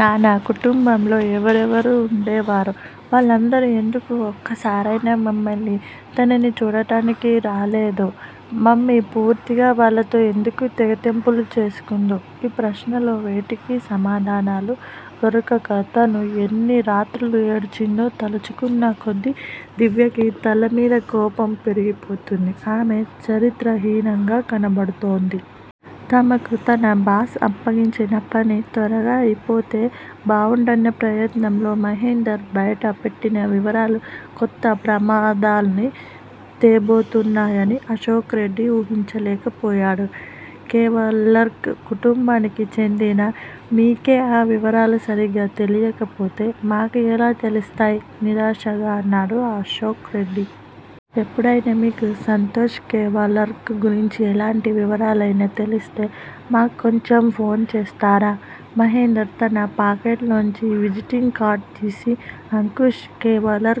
నాన్న కుటుంబంలో ఎవరెవరు వుండేవారో? వాళ్ళందరూ ఎందుకు ఒక్కసారైనా మమ్మీనీ, తననీ చూడడానికి రాలేదో? మమ్మీ పూర్తిగా వాళ్ళతో ఎందుకు తెగతెంపులు చేసుకుందో? ఈ ప్రశ్నల్లో వేటికీ సమాధానాలు దొరకక, తను ఎన్ని రాత్రులు ఏడ్చిందో తలుచుకున్న కొద్దీ దివ్యకి తల్లిమీద కోపం పెరిగిపోతోంది! ఆమె చరిత్ర హీనంగా కనబడతోంది! తమకు తన బాస్ అప్పగించిన పని త్వరగా అయిపోతే బావుండన్న ప్రయత్నంలో మహేందర్ బయట పెట్టిన వివరాలు కొత్త ప్రమాదాల్ని తేబోతున్నాయని అశోక్ రెడ్డి ఊహించలేకపోయాడు. కేవల్కర్ కుటుంబానికి చెందిన మీకే ఆ వివరాలు సరిగ్గా తెలియకపొతే, మాకు ఎలా తెలిస్తాయి? నిరాశగా అన్నాడు అశోక్ రెడ్డి. ఎప్పుడైనా మీకు సంతోష్ కేవల్కర్ గురించి ఎలాంటి వివరాలైనా తెలిస్తే మా క్కొంచెం ఫోన్ చేస్తారా? మహేందర్ తన పాకెట్ లోంచి విజిటింగ్ కార్డు తీసి అంకుష్ కేవల్కర్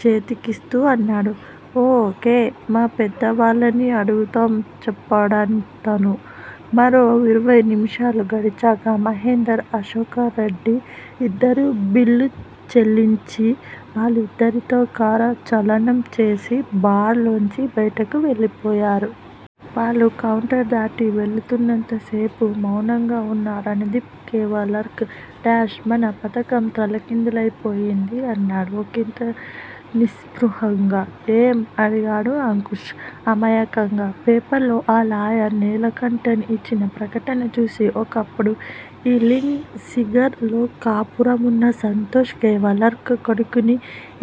చేతికిస్తూ అన్నాడు. ఓ. కే. మా పెద్దవాళ్ళని అడుగుతాం చెప్పాడతను. మరో ఇరవై నిమిషాలు గడిచాక మహేందర్, అశోక్రెడ్డి ఇద్దరూ బిల్లు చెల్లించి, వాళ్ళిద్దరితో కరచాలనం చేసి, బార్ లోంచి బయటకి వెళ్ళిపోయారు. వాళ్ళు కౌంటర్ దాటి వెళుతున్నంతసేపూ, మౌనంగా వున్న రణదీఫ్ కేవల్కర్_ మన పధకం తలక్రిందులైపోయింది అన్నాడు ఒకింత నిస్పృహగా. ఏం? అడిగాడు అంకుష్ అమాయకంగా. పేపర్లో ఆ లాయర్ నీలకంఠన్ యిచ్చిన ప్రకటన చూసి ఒకప్పుడు ఈ లింగ్ సిగార్ లో కాపురమున్న సంతోష కేవల్కర్ కొడుకుని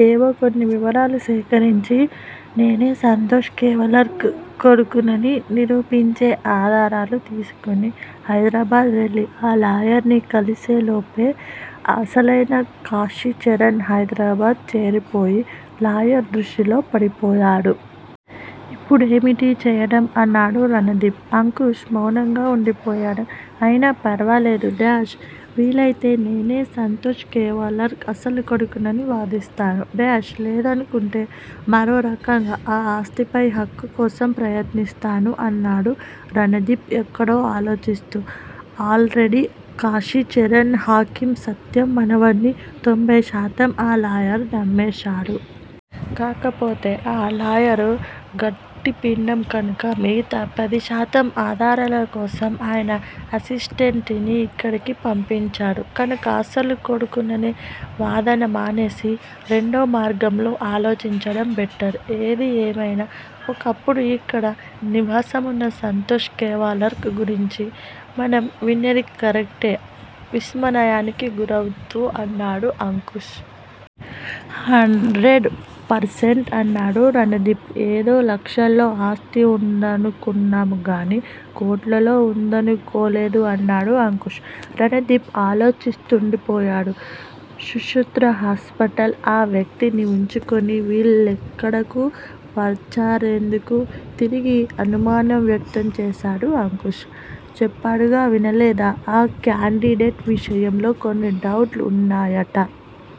ఏవో కొన్ని వివరాలు సేకరించి, నేనే సంతోష్ కేవల్కర్ కొడుకునని నిరూపించే ఆధారాలు తీసుకుని, హైదరాబాద్ వెళ్ళి ఆ లాయరు ని కలిసే లోపే, అసలైన కాశీచరణ్ హైదరాబాద్ చేరిపోయి, లాయరు దృష్టిలో పడిపోయాడు. ఇప్పుడేమిటి చేయడం? అన్నాడు రణదీఫ్. అంకుష్ మౌనంగా వుండిపోయాడు. అయినా ఫర్వాలేదు_ వీలయితే నేనే సంతోష్ కేవల్కర్ అసలు కొడుకునని వదిస్తాను_ లేదనుకుంటే మరో రకంగా ఆ ఆస్తిపై హక్కు కోసం ప్రయత్నిస్తాను అన్నాడు రణదీఫ్ ఎక్కడో ఆలోచిస్తూ. అల్ రెడీ కాశీచరణ్ హకీం సత్యం మనవడ్ని తొంభై శాతం ఆ లాయరు నమ్మేశాడు. కాకపోతే ఆ లాయరు గట్టిపిండం కానుక మిగతా పదిశాతం ఆధారాలకోసం అయన అసిస్టెంట్ ని యిక్కడికి పంపించాడు కనుక అసలు కొడుకుననే వాదన మానేసి, రేండో మార్గంలో ఆలోచించడం బెటర్. ఏది ఏమైనా, ఒకప్పుడు యిక్కడ నివాసమున్న సంతోష్ కేవల్కర్ గురించి మనం విన్నది కరక్టే విస్మయానికి గురవుతూ అన్నాడు అంకుష్. హండ్రెడ్ పర్సెంట్ అన్నాడు రణదీఫ్. ఏదో లక్షల్లో ఆస్తి వుండనుకున్నానుగాని, కోట్లలో వుంటుందనుకోలేదు అన్నాడు అంకుష్. రణదీఫ్ అలోచిస్తుండిపోయాడు. శుశ్రుత హాస్పిటల్లో అ వ్యక్తిని వుంచుకుని వీల్లెక్కడకు వచ్చారెందుకూ? తిరిగి అనుమానం వ్యక్తం చేశాడు అంకుష్. చెప్పాడుగా వినలేదా? ఆ క్యాండి డేట్ విషయంలో కొన్ని డౌట్లు వున్నాయట.